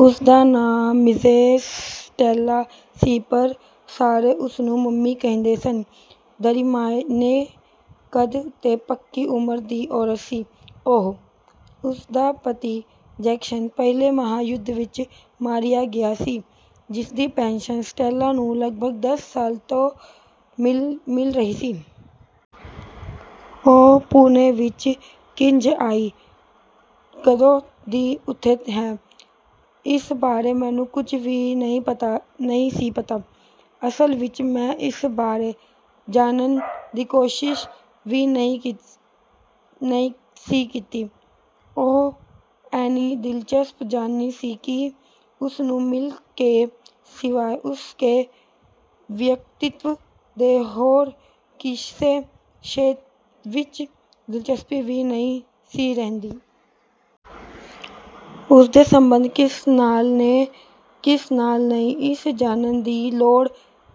ਉਸਦਾ ਨਾਂ Mrs Stella ਸੀ, ਪਰ ਸਾਰੇ ਉਸਨੂੰ ਮੰਮੀ ਕਹਿੰਦੇ ਸਨ। ਦਰਮਿਆਨੇ ਕੱਦ ਤੇ ਪੱਕੀ ਉਮਰ ਦੀ ਔਰਤ ਸੀ ਉਹ। ਉਸਦਾ ਪਤੀ ਜੈਕਸਨ ਪਹਿਲੇ ਮਹਾ-ਯੁੱਧ ਵਿਚ ਮਾਰਿਆ ਗਿਆ ਸੀ। ਜਿਸਦੀ ਪੈਨਸ਼ਨ ਸਟੈਲਾ ਨੂੰ ਲਗਭਗ ਦਸ ਸਾਲ ਤੋਂ ਮਿਲ ਰਹੀ ਸੀ। ਉਹ ਪੂਨੇ ਵਿਚ ਕਿੰਜ ਆਈ?, ਕਦੋਂ ਦੀ ਉੱਥੇ ਹੈ?, ਇਸ ਬਾਰੇ ਮੈਨੂੰ ਕੁਝ ਵੀ ਨਹੀਂ ਸੀ ਪਤਾ। ਅਸਲ ਵਿਚ ਮੈਂ ਇਸ ਬਾਰੇ ਜਾਣਨ ਦੀ ਕਦੀ ਕੋਸ਼ਿਸ਼ ਹੀ ਨਹੀਂ ਸੀ ਕੀਤੀ। ਉਹ ਏਨੀ ਦਿਲਚਸਪ ਜਨਾਨੀ ਸੀ ਕਿ ਉਸਨੂੰ ਮਿਲ ਕੇ ਸਿਵਾਏ ਉਸਦੇ ਵਿਅੱਕਤੀਤਵ ਦੇ ਹੋਰ ਕਿਸੇ ਸ਼ੈ ਵਿਚ ਦਿਲਚਸਪੀ ਵੀ ਨਹੀਂ ਸੀ ਰਹਿੰਦੀ। ਉਸਦੇ ਸਬੰਧ ਕਿਸ ਨਾਲ ਨੇ, ਕਿਸ ਨਾਲ ਨਹੀਂ? ਇਹ ਜਾਣਨ ਦੀ ਲੋੜ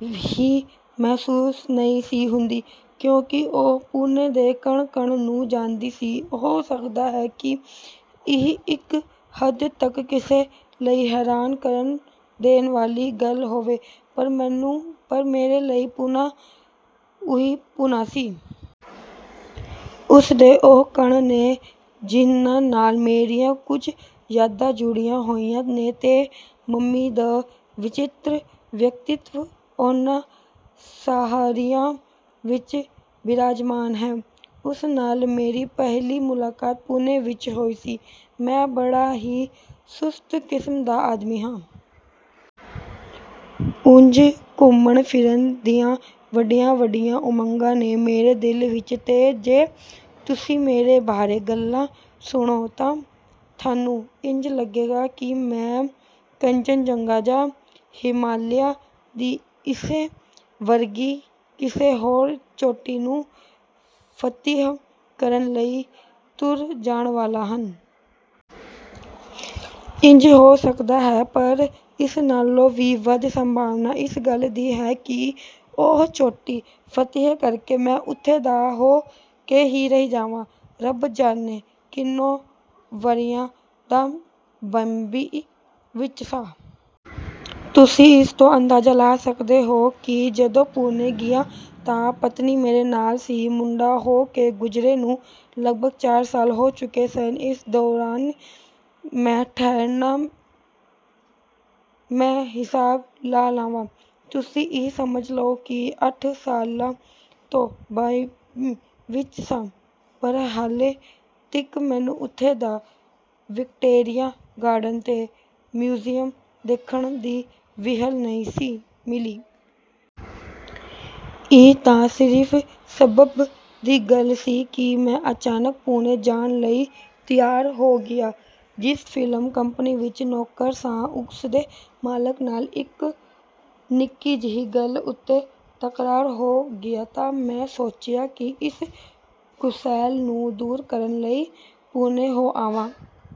ਹੀ ਮਹਿਸੂਸ ਨਹੀਂ ਸੀ ਹੁੰਦੀ, ਕਿਉਂਕਿ ਉਹ ਪੂਨੇ ਦੇ ਕਣ-ਕਣ ਨੂੰ ਜਾਣਦੀ ਸੀ। ਹੋ ਸਕਦਾ ਹੈ ਕਿ ਇਹ ਇਕ ਹੱਦ ਤੱਕ ਕਿਸੇ ਲਈ ਹੈਰਾਨ ਕਰ ਦੇਣ ਵਾਲੀ ਗੱਲ ਹੋਵੇ, ਪਰ ਮੇਰੇ ਲਈ ਪੂਨਾ ਉਹੀ ਪੂਨਾ ਸੀ। ਉਸਦੇ ਉਹ ਕਣ ਨੇ, ਜਿਹਨਾਂ ਨਾਲ ਮੇਰੀਆਂ ਕੁਝ ਯਾਦਾਂ ਜੁੜੀਆਂ ਹੋਈਆਂ ਨੇ ਤੇ ਮੰਮੀ ਦਾ ਵਚਿੱਤਰ ਵਿਅੱਕਤੀਤਵ ਉਹਨਾਂ ਸਾਰਿਆਂ ਵਿਚ ਬਿਰਾਜਮਾਨ ਹੈ। ਉਸ ਨਾਲ ਮੇਰੀ ਪਹਿਲੀ ਮੁਲਾਕਾਤ ਪੂਨੇ ਵਿਚ ਹੀ ਹੋਈ ਸੀ। ਮੈਂ ਬੜਾ ਹੀ ਸੁਸਤ ਕਿਸਮ ਦਾ ਆਦਮੀ ਹਾਂ। ਉਂਜ ਘੁੰਮਣ-ਫਿਰਨ ਦੀਆਂ ਵੱਡੀਆਂ-ਵੱਡੀਆਂ ਉਮੰਗਾਂ ਨੇ ਮੇਰੇ ਦਿਲ ਵਿਚ, ਤੇ ਜੇ ਤੁਸੀਂ ਮੇਰੇ ਬਾਰੇ ਗੱਲਾਂ ਸੁਣੋ ਤਾਂ ਤੁਹਾਨੂੰ ਇੰਜ ਲੱਗੇਗਾ ਕਿ ਮੈਂ ਕੰਚਨਜੰਗਾ ਜਾਂ ਹਿਮਾਲਿਆ ਦੀ ਇਸੇ ਵਰਗੀ ਕਿਸੇ ਹੋਰ ਚੋਟੀ ਨੂੰ ਫਤਿਹ ਕਰਨ ਲਈ ਤੁਰ ਜਾਣ ਵਾਲਾ ਹਾਂ। ਇੰਜ ਹੋ ਸਕਦਾ ਹੈ, ਪਰ ਇਸ ਨਾਲੋਂ ਵੀ ਵਧ ਸੰਭਾਵਨਾ ਇਸ ਗੱਲ ਦੀ ਹੈ ਕਿ ਉਹ ਚੋਟੀ ਫਤਿਹ ਕਰਕੇ ਮੈਂ ਉੱਥੋਂ ਦਾ ਹੋ ਕੇ ਹੀ ਰਹਿ ਜਾਵਾਂ। ਰੱਬ ਜਾਣੇ ਕਿੰਨੇ ਵਰ੍ਹਿਆਂ ਦਾ ਬੰਬਈ ਵਿਚ ਸਾਂ। ਤੁਸੀਂ ਇਸ ਤੋਂ ਅੰਦਾਜ਼ਾ ਲਾ ਸਕਦੇ ਹੋ ਕਿ ਜਦੋਂ ਪੂਨੇ ਗਿਆ ਤਾਂ ਪਤਨੀ ਮੇਰੇ ਨਾਲ ਸੀ। ਮੁੰਡਾ ਹੋ ਕੇ ਗੁਜਰੇ ਨੂੰ ਲਗਭਗ ਚਾਰ ਸਾਲ ਹੋ ਚੁੱਕੇ ਸਨ। ਇਸ ਦੌਰਾਨ ਮੈਂ ਠਹਿਰਨਾ, ਮੈਂ ਹਿਸਾਬ ਲਾ ਲਵਾਂ, ਤੁਸੀਂ ਇਹ ਸਮਝ ਲਓ ਕਿ ਅੱਠ ਸਾਲਾਂ ਤੋਂ ਬੰਬਈ ਵਿਚ ਸਾਂ, ਪਰ ਹਾਲੇ ਤੀਕ ਮੈਨੂੰ ਉੱਥੋਂ ਦਾ ਵਿਕਟੋਰੀਆ ਗਾਰਡਨ ਤੇ ਮਿਊਜ਼ਿਅਮ ਦੇਖਣ ਦੀ ਵਿਹਲ ਨਹੀਂ ਸੀ ਮਿਲੀ। ਇਹ ਤਾਂ ਸਿਰਫ ਸਬੱਬ ਦੀ ਗੱਲ ਸੀ ਕਿ ਮੈਂ ਅਚਾਨਕ ਪੂਨੇ ਜਾਣ ਲਈ ਤਿਆਰ ਹੋ ਗਿਆ। ਜਿਸ ਫ਼ਿਲਮ ਕੰਪਨੀ ਵਿਚ ਨੌਕਰ ਸਾਂ, ਉਸਦੇ ਮਾਲਕ ਨਾਲ ਇਕ ਨਿੱਕੀ-ਜਿਹੀ ਗੱਲ ਉੱਤੇ ਤਕਰਾਰ ਹੋ ਗਿਆ ਤਾਂ ਮੈਂ ਸੋਚਿਆ ਕਿ ਏਸ ਕੁਸੈਲ ਨੂੰ ਦੂਰ ਕਰਨ ਲਈ ਪੂਨੇ ਹੋ ਆਵਾਂ।